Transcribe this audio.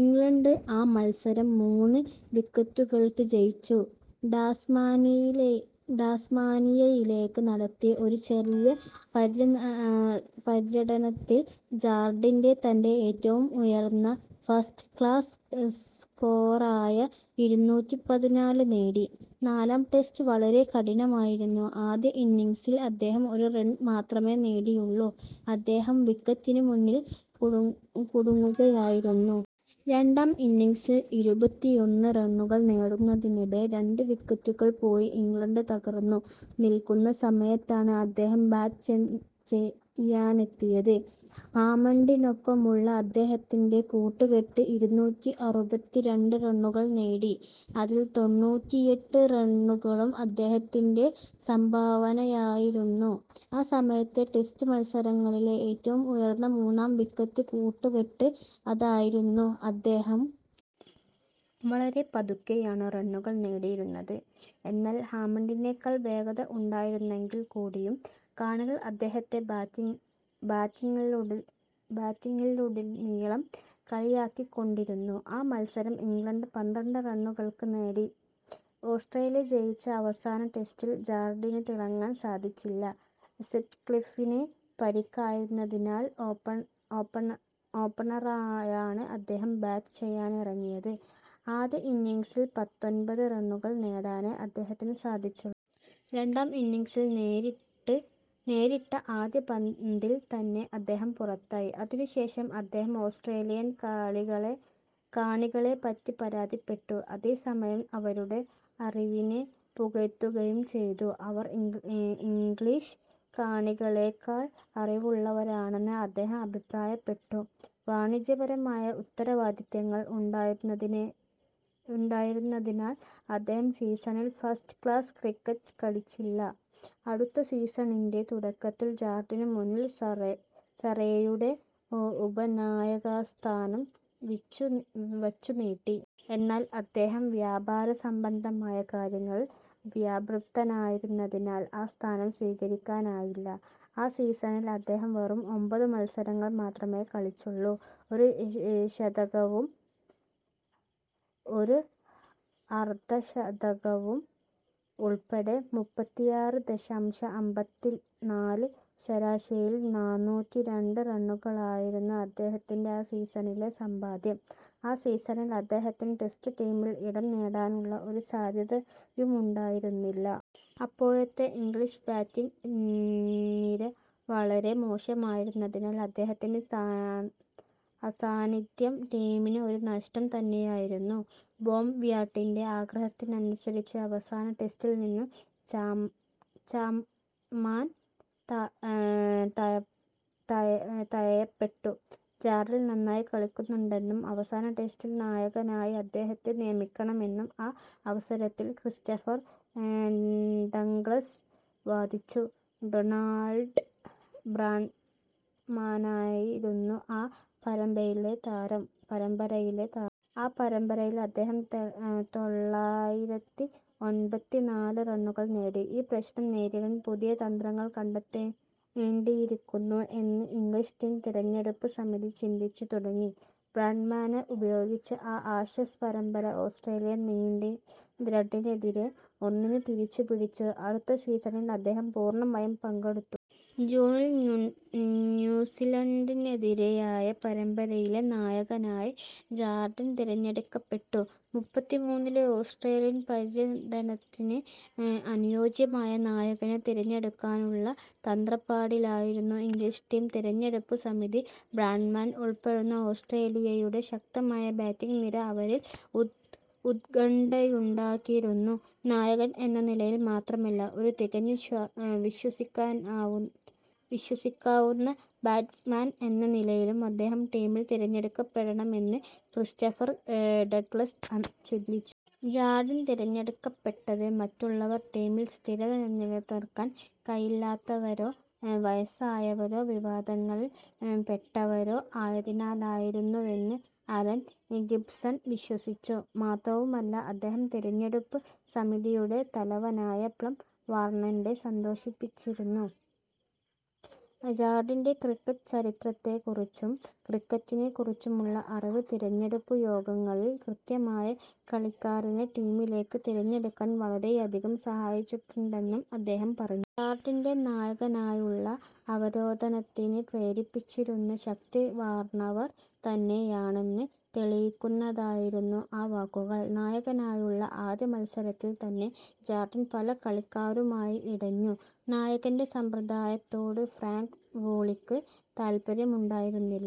England ആ മത്സരം മൂന്ന് വിക്കറ്റുകൾക്ക് ജയിച്ചു. ടാസ്മാനിയയിലേക്ക് നടത്തി ഒരു ചെറിയ പര്യടനത്തിൽ ജാർഡിൻ തൻ്റെ ഏറ്റവും ഉയർന്ന ഫസ്റ്റ് ക്ലാസ് സ്കോറായ ഇരുന്നൂറ്റി പതിനാല് നേടി.നാലാം ടെസ്റ്റ് വളരെ കഠിനമായിരുന്നു. ആദ്യ ഇന്നിംഗ്സിൽ അദ്ദേഹം ഒരു റൺ മാത്രമേ നേടിയുള്ളൂ. അദ്ദേഹം വിക്കറ്റിന് മുന്നിൽ കുടുങ്ങുകയായിരുന്നു. രണ്ടാം ഇന്നിംഗ്സിൽ ഇരുപത്തിയൊന്ന് റണ്ണുകൾ നേടുന്നതിനിടെ രണ്ട് വിക്കറ്റുകൾ പോയി ഇംഗ്ലണ്ട് തകർന്നു നിൽക്കുന്ന സമയത്താണ് അദ്ദേഹം ബാറ്റ് ചെയ്യാനെത്തിയത്. ഹാമണ്ടിനൊപ്പമുള്ള അദ്ദേഹത്തിൻ്റെ കൂട്ടുകെട്ട് ഇരുന്നൂറ്റി അറുപത്തിരണ്ട് റണ്ണുകൾ നേടി. അതിൽ തൊണ്ണൂറ്റിയെട്ട് റണ്ണുകളും അദ്ദേഹത്തിൻ്റെ സംഭാവനയായിരുന്നു. ആ സമയത്തെ ടെസ്റ്റ് മത്സരങ്ങളിലെ ഏറ്റവും ഉയർന്ന മൂന്നാം വിക്കറ്റ് കൂട്ടുകെട്ട് അതായിരുന്നു. അദ്ദേഹം വളരെ പതുക്കെയാണ് റണ്ണുകൾ നേടിയിരുന്നത്. എന്നാൽ ഹാമണ്ടിനേക്കാൾ വേഗത ഉണ്ടായിരുന്നെങ്കിൽക്കൂടിയും കാണികൾ അദ്ദേഹത്തെ ബാറ്റിംഗിലുടനീളം കളിയാക്കിക്കൊണ്ടിരുന്നു. ആ മത്സരം ഇംഗ്ലണ്ട് പന്ത്രണ്ട് റണ്ണുകൾക്ക് നേടി. ഓസ്ട്രേലിയ ജയിച്ച അവസാന ടെസ്റ്റിൽ ജാർഡിന് തിളങ്ങാൻ സാധിച്ചില്ല. സറ്റ്ക്ലിഫിന് പരിക്കായിരുന്നതിനാൽ ഓപ്പണറായാണ് അദ്ദേഹം ബാറ്റ് ചെയ്യാനിറങ്ങിയത്. ആദ്യ ഇന്നിംഗ്സിൽ പത്തൊൻപത് റണ്ണുകൾ നേടാനേ അദ്ദേഹത്തിന് സാധിച്ചുള്ളൂ. രണ്ടാം ഇന്നിംഗ്സിൽ നേരിട്ട ആദ്യ പന്തിൽ തന്നെ അദ്ദേഹം പുറത്തായി. അതിനുശേഷം അദ്ദേഹം ഓസ്ട്രേലിയൻ കാണികളെപ്പറ്റി പരാതിപ്പെട്ടു. അതേസമയം അവരുടെ അറിവിനെ പുകഴ്ത്തുകയും ചെയ്തു. അവർ ഇംഗ്ലീഷ് കാണികളേക്കാൾ അറിവുള്ളവരാണെന്ന് അദ്ദേഹം അഭിപ്രായപ്പെട്ടു. വാണിജ്യപരമായ ഉത്തരവാദിത്തങ്ങൾ ഉണ്ടായിരുന്നതിനാൽ അദ്ദേഹം സീസണിൽ ഫസ്റ്റ് ക്ലാസ് ക്രിക്കറ്റ് കളിച്ചില്ല. അടുത്ത സീസണിൻ്റെ തുടക്കത്തിൽ ജാർഡിന് മുന്നിൽ സറേയുടെ ഉപനായകസ്ഥാനം വച്ചുനീട്ടി. എന്നാൽ അദ്ദേഹം വ്യാപാരസംബന്ധമായ കാര്യങ്ങളിൽ വ്യാപൃതനായിരുന്നതിനാൽ ആ സ്ഥാനം സ്വീകരിക്കാനായില്ല. ആ സീസണിൽ അദ്ദേഹം വെറും ഒൻപത് മത്സരങ്ങൾ മാത്രമേ കളിച്ചുള്ളൂ. ഒരു ശതകവും ഒരു അർധശതകവും ഉൾപ്പെടെ മുപ്പത്തിയാറ് ദശാംശം അമ്പത്തിനാല് ശരാശരിയിൽ നാനൂറ്റിരണ്ട് റണ്ണുകളായിരുന്നു അദ്ദേഹത്തിൻ്റെ ആ സീസണിലെ സമ്പാദ്യം.ആ സീസണിൽ അദ്ദേഹത്തിന് ടെസ്റ്റ് ടീമിൽ ഇടം നേടാനുള്ള ഒരു സാധ്യതയുമുണ്ടായിരുന്നില്ല. അപ്പോഴത്തെ ഇംഗ്ലീഷ് ബാറ്റിംഗ് നിര വളരെ മോശമായിരുന്നതിനാൽ അദ്ദേഹത്തിൻ്റെ അസാന്നിധ്യം ടീമിന് ഒരു നഷ്ടം തന്നെയായിരുന്നു. ബോബ് വ്യാട്ടിൻ്റെ ആഗ്രഹത്തിനനുസരിച്ച് അവസാന ടെസ്റ്റിൽനിന്നും ചാപ്മാൻ തഴയപ്പെട്ടു. ജാർഡിൻ നന്നായി കളിക്കുന്നുണ്ടെന്നും അവസാന ടെസ്റ്റിൽ നായകനായി അദ്ദേഹത്തെ നിയമിക്കണമെന്നും ആ അവസരത്തിൽ ക്രിസ്റ്റഫർ ഡഗ്ലസ് വാദിച്ചു. ഡൊണാൾഡ് ബ്രാഡ്മാനായിരുന്നു ആ പരമ്പരയിലെ താരം. ആ പരമ്പരയിൽ അദ്ദേഹം തൊള്ളായിരത്തി എൺപത്തിനാല് റണ്ണുകൾ നേടി. ഈ പ്രശ്നം നേരിടാൻ പുതിയ തന്ത്രങ്ങൾ കണ്ടെത്തേണ്ടിയിരിക്കുന്നു എന്ന് ഇംഗ്ലീഷ് ടീം തിരഞ്ഞെടുപ്പ് സമിതി ചിന്തിച്ചു തുടങ്ങി. ബ്രാഡ്മാനെ ഉപയോഗിച്ച് ആ ആഷസ് പരമ്പര ഓസ്ട്രേലിയ രണ്ടിനെതിരെ ഒന്നിന് തിരിച്ചുപിടിച്ചു. അടുത്ത സീസണിൽ അദ്ദേഹം പൂർണ്ണമായും പങ്കെടുത്തു. ജൂണിൽ ന്യൂസിലൻഡിനെതിരായ പരമ്പരയിലെ നായകനായി ജാർഡിൻ തിരഞ്ഞെടുക്കപ്പെട്ടു. മുപ്പത്തിമൂന്നിലെ ഓസ്ട്രേലിയൻ പര്യടനത്തിന് അനുയോജ്യനായ നായകനെ തിരഞ്ഞെടുക്കാനുള്ള തത്രപ്പാടിലായിരുന്നു ഇംഗ്ലീഷ് ടീം തിരഞ്ഞെടുപ്പ് സമിതി. ബ്രാഡ്മാൻ ഉൾപ്പെടുന്ന ഓസ്ട്രേലിയയുടെ ശക്തമായ ബാറ്റിംഗ് നിര അവരിൽ ഉത്കണ്ഠയുണ്ടാക്കിയിരുന്നു. നായകൻ എന്ന നിലയിൽ മാത്രമല്ല, ഒരു തികഞ്ഞ, വിശ്വസിക്കാവുന്ന ബാറ്റ്സ്മാൻ എന്ന നിലയിലും അദ്ദേഹം ടീമിൽ തിരഞ്ഞെടുക്കപ്പെടണമെന്ന് ക്രിസ്റ്റഫർ ഡഗ്ലസ് ചിന്തിച്ചു. ജാർഡിൻ തിരഞ്ഞെടുക്കപ്പെട്ടത് മറ്റുള്ളവർ ടീമിൽ സ്ഥിരത നിലനിർത്താൻ കഴിവില്ലാത്തവരോ, വയസ്സായവരോ, വിവാദങ്ങളിൽ പെട്ടവരോ ആയതിനാലായിരുന്നുവെന്ന് അലൻ ഗിബ്സൺ വിശ്വസിച്ചു. മാത്രവുമല്ല, അദ്ദേഹം തിരഞ്ഞെടുപ്പ് സമിതിയുടെ തലവനായ പ്ലം വാർണന്റെ സന്തോഷിപ്പിച്ചിരുന്നു. ജാർഡിൻ്റെ ക്രിക്കറ്റ് ചരിത്രത്തെക്കുറിച്ചും ക്രിക്കറ്റിനെക്കുറിച്ചുമുള്ള അറിവ് തിരഞ്ഞെടുപ്പ് യോഗങ്ങളിൽ കൃത്യമായ കളിക്കാരനെ ടീമിലേക്ക് തിരഞ്ഞെടുക്കാൻ വളരെയധികം സഹായിച്ചിട്ടുണ്ടെന്നും അദ്ദേഹം പറഞ്ഞു. ജാർഡിൻ്റെ നായകനായുള്ള അവരോധനത്തിന് പ്രേരിപ്പിച്ചിരുന്ന ശക്തി വാർണവർ തന്നെയാണെന്ന് തെളിയിക്കുന്നതായിരുന്നു ആ വാക്കുകൾ. നായകനായുള്ള ആദ്യ മത്സരത്തിൽ തന്നെ ജാർഡിൻ പല കളിക്കാരുമായി ഇടഞ്ഞു. നായകൻ്റെ സമ്പ്രദായത്തോട് ഫ്രാങ്ക് വൂളിക്ക് താൽപര്യമുണ്ടായിരുന്നില്ല.